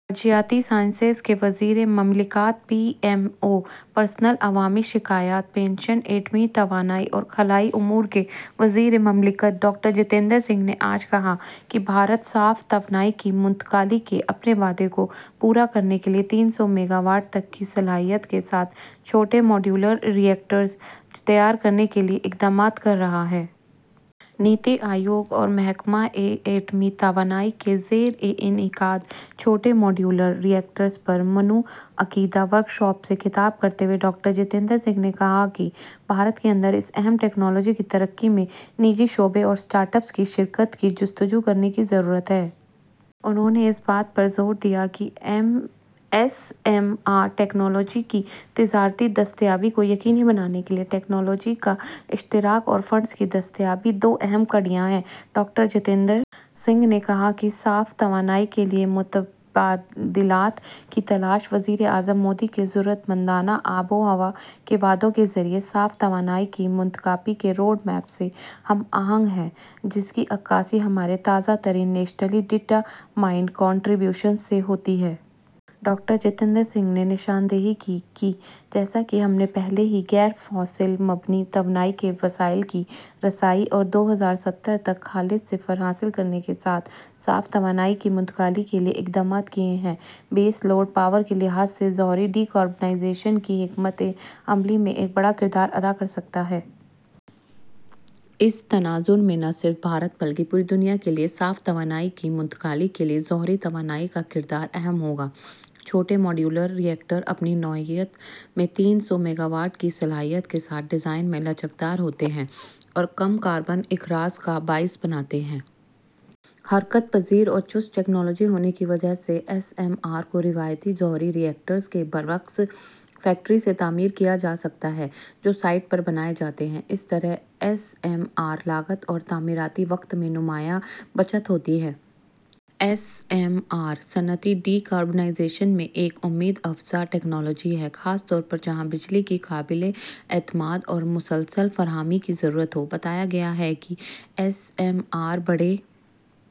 ارتھ sciences کے وزیر مملکت ؛ پی ایم او، پرسنل، عوامی شکایات، پنشن، ایٹمی توانائی اور خلائی امور کے وزیر مملکت ڈاکٹر جتیندر سنگھ نے آج کہا کہ بھارت صاف توانائی کی منتقلی کے اپنے وعدے کو پورا کرنے کے لیے تین سو میگاواٹ تک کی صلاحیت کے ساتھ چھوٹے ماڈیولر ری ایکٹرز تیار کرنے کے لیے اقدامات کر رہا ہے۔ نیتی آیوگ اور محکمہ ایٹمی توانائی کے زیر انعقاد چھوٹے ماڈیولر ری ایکٹرز پر منعقدہ ورکشاپ سے خطاب کرتے ہوئے ڈاکٹر جتیندر سنگھ نے کہا کہ بھارت کے اندر اس اہم ٹکنالوجی کی ترقی میں نجی شعبے اور اسٹارٹ اپس کی شرکت کی جستجو کرنے کی ضرورت ہے۔ انھوں نے اس بات پر زور دیا کہ ایس ایم آر ٹیکنالوجی کی تجارتی دستیابی کو یقینی بنانے کے لیے ٹیکنالوجی کا اشتراک اور فنڈز کی دستیابی دو اہم کڑیاں ہیں۔ ڈاکٹر جتیندر سنگھ نے کہا کہ صاف توانائی کے نئے متبادلات کی تلاش وزیر اعظم مودی کے جرات مندانہ آب و ہوا کے وعدوں کے ذریعے صاف توانائی کی منتقلی کے روڈ میپ سے ہم آہنگ ہے جس کی عکاسی ہماری تازہ ترین نیشنلی ڈٹرمنڈ کنٹری بیوشنز سے ہوتی ہے۔ ڈاکٹر جتیندر سنگھ نے نشاندہی کی کہ جیسا کہ ہم نے پہلے ہی غیر فوسل مبنی توانائی کے وسائل کی رسائی اور تک خالص صفر حاصل کرنے کے ساتھ صاف توانائی کی منتقلی کے لیے اقدامات کیے ہیں، بیس لوڈ پاور کے لحاظ سے جوہری ڈی کاربونائزیشن کی حکمت عملی میں ایک بڑا کردار ادا کرسکتا ہے۔ اس تناظر میں نہ صرف بھارت بلکہ پوری دنیا کے لیے صاف توانائی کی منتقلی کے لیے جوہری توانائی کا کردار اہم ہوگا۔ چھوٹے ماڈیولر ری ایکٹرز، اپنی نوعیت میں تین سو میگاواٹ کی صلاحیت کے ساتھ ڈیزائن میں لچکدار ہوتے ہیں اور کم کاربن اخراج کا باعث بنتے ہیں۔ حرکت پذیر اور چست ٹکنالوجی ہونے کی وجہ سے ایس ایم آر کو روایتی جوہری ری ایکٹرز کے برعکس فیکٹری سے تعمیر کیا جاسکتا ہے جو سائٹ پر بنائے جاتے ہیں۔ اس طرح ایس ایم آر لاگت اور تعمیراتی وقت میں نمایاں بچت ہوتی ہے۔ ایس ایم آر صنعتی ڈی کاربونائزیشن میں ایک امید افزا ٹیکنالوجی ہے خاص طور پر جہاں بجلی کی قابل اعتماد اور مسلسل فراہمی کی ضرورت ہو۔ بتایا گیا ہے کہ ایس ایم آر بڑے